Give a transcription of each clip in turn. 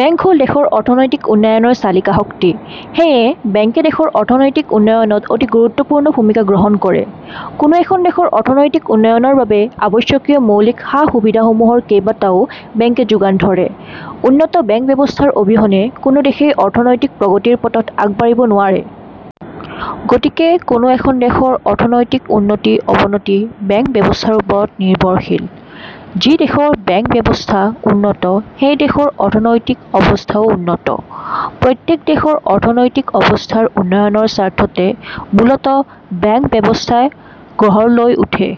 Bank হ'ল দেশৰ অৰ্থনৈতিক উন্নয়নৰ চালিকা শক্তি। সেয়ে বেংকে দেশৰ অৰ্থনৈতিক উন্নয়নত অতি গুৰুত্বপূৰ্ণ ভূমিকা গ্ৰহণ কৰে। কোনো এখন দেশৰ অৰ্থনৈতিক উন্নয়নৰ বাবে আৱশ্যকীয় মৌলিক সা-সুবিধাসমূহৰ কেবাটাও বেংকে যোগান ধৰে। উন্নত বেংক ব্যৱস্থাৰ অবিহনে কোনো দেশেই অৰ্থনৈতিক প্ৰগতিৰ পথত আগবাঢ়িব নোৱাৰে। গতিকে কোনো এখন দেশৰ অৰ্থনৈতিক উন্নতি-অৱনতি বেংক ব্যৱস্থাৰ ওপৰত নিৰ্ভৰশীল। যি দেশৰ বেংক-ব্যৱস্থা উন্নত সেই দেশৰ অৰ্থনৈতিক অৱস্থাও উন্নত। প্ৰত্যেক দেশৰ অৰ্থনৈতিক অৱস্থাৰ উন্নয়নৰ স্বাৰ্থতে মূলতঃ বেংক ব্যৱস্থাই গঢ় লৈ উঠে।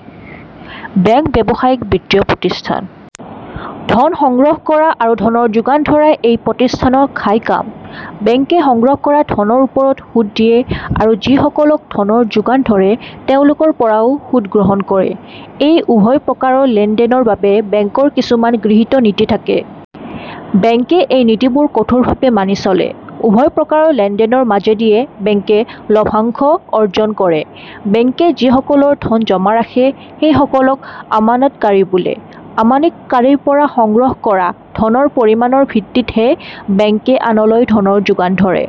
বেংক ব্যৱসায়িক বিত্তীয় প্ৰতিষ্ঠান। ধন সংগ্ৰহ কৰা আৰু ধনৰ যোগান ধৰাই এই প্ৰতিষ্ঠানৰ ঘাই কাম। বেংকে সংগ্ৰহ কৰা ধনৰ ওপৰত সুদ দিয়ে আৰু যিসকলক ধনৰ যোগান ধৰে তেওঁলোকৰপৰাও সুদ গ্ৰহণ কৰে। এই উভয় প্ৰকাৰৰ লেন-দেনৰ বাবে বেংকৰ কিছুমান গৃহীত নীতি থাকে। বেংকে এই নীতিবোৰ কঠোৰভাৱে মানি চলে। উভয় প্ৰকাৰৰ লেন-দেনৰ মাজেদিয়ে বেংকে লভ্যাংশ অৰ্জন কৰে। বেংকে যিসকলৰ ধন জমা ৰাখে সেইসকলক আমানতকাৰী বোলে। আমানতকাৰীৰপৰা সংগ্ৰহ কৰা ধনৰ পৰিমাণৰ ভিত্তিতহে বেংকে আনলৈ ধনৰ যোগান ধৰে।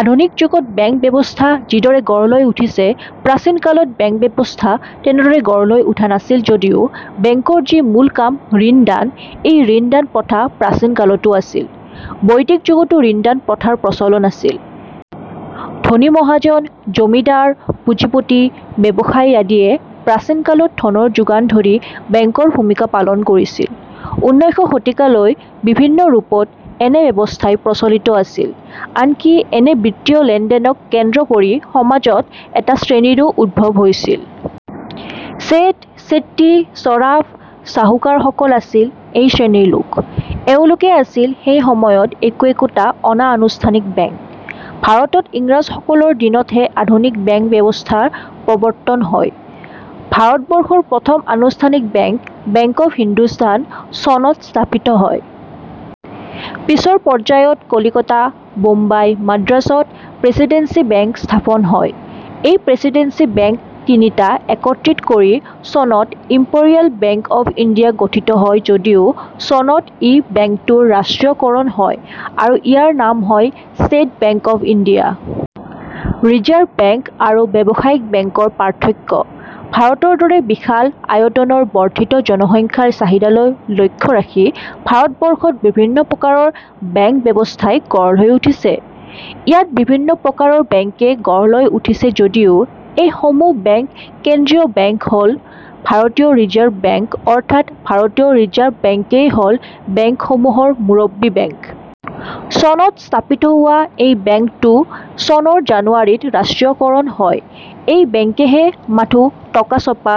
আধুনিক যুগত বেংক ব্যৱস্থা যিদৰে গঢ় লৈ উঠিছে প্ৰাচীন কালত বেংক ব্যৱস্থা তেনেদৰে গঢ় লৈ উঠা নাছিল যদিও বেংকৰ যি মূল কাম ঋণদান, এই ঋণদান প্ৰথা প্ৰাচীন কালতো আছিল। বৈদিক যুগতো ঋণদান প্ৰথাৰ প্ৰচলন আছিল। ধনী মহাজন, জমিদাৰ, পুঁজিপতি, ব্যৱসায়ী আদিয়ে প্ৰাচীন কালত ধনৰ যোগান ধৰি বেংকৰ ভূমিকা পালন কৰিছিল। ঊনৈশ শতিকালৈ বিভিন্ন ৰূপত এনে ব্যৱস্থাই প্ৰচলিত আছিল। আনকি এনে বিত্তীয় লেন-দেনক কেন্দ্ৰ কৰি সমাজত এটা শ্ৰেণীৰো উদ্ভৱ হৈছিল। শেঠ, শেট্টি, চৰাফ, চাহুকাৰসকল আছিল এই শ্ৰেণীৰ লোক। এওঁলোকে আছিল সেই সময়ত একো একোটা অনা- আনুষ্ঠানিক বেংক। ভাৰতত ইংৰাজসকলৰ দিনতহে আধুনিক বেংক ব্যৱস্থাৰ প্ৰৱৰ্তন হয়। ভাৰতবৰ্ষৰ প্ৰথম আনুষ্ঠানিক বেংক "বেংক অব্ হিন্দুস্থান" চনত স্থাপিত হয়। পিছৰ পৰ্যায়ত কলিকতা, বোম্বাই, মাদ্ৰাজ -ত প্ৰেছিডেন্সি বেংক স্থাপন হয়। এই প্ৰেছিডেন্সি বেংক তিনিটা একত্ৰিত কৰি চনত ইম্পেৰিয়েল বেংক অব্ ইণ্ডিয়া গঠিত হয় যদিও চনত ই বেংকটোৰ ৰাষ্ট্ৰীয়কৰণ হয় আৰু ইয়াৰ নাম হয় State Bank of India. Reserve Bank আৰু ব্যৱসায়িক বেংকৰ পাৰ্থক্য – ভাৰতৰ দৰে বিশাল আয়তনৰ বৰ্দ্ধিত জনসংখ্যাৰ চাহিদালৈ লক্ষ্য ৰাখি ভাৰতবৰ্ষত বিভিন্ন প্ৰকাৰৰ বেংক ব্যৱস্থাই গঢ় লৈ উঠিছে। ইয়াত বিভিন্ন প্ৰকাৰৰ বেংকে গঢ় লৈ উঠিছে যদিও এই সমূহ বেংক কেন্দ্ৰীয় বেংক হ'ল ভাৰতীয় ৰিজাৰ্ভ বেংক অৰ্থাৎ ভাৰতীয় ৰিজাৰ্ভ বেংকেই হ'ল বেংকসমূহৰ মুৰব্বী বেংক। চনত স্থাপিত হোৱা এই বেংকটো চনৰ জানুৱাৰীত ৰাষ্ট্ৰীয়কৰণ হয়। এই বেংকেহে মাথো টকা ছপা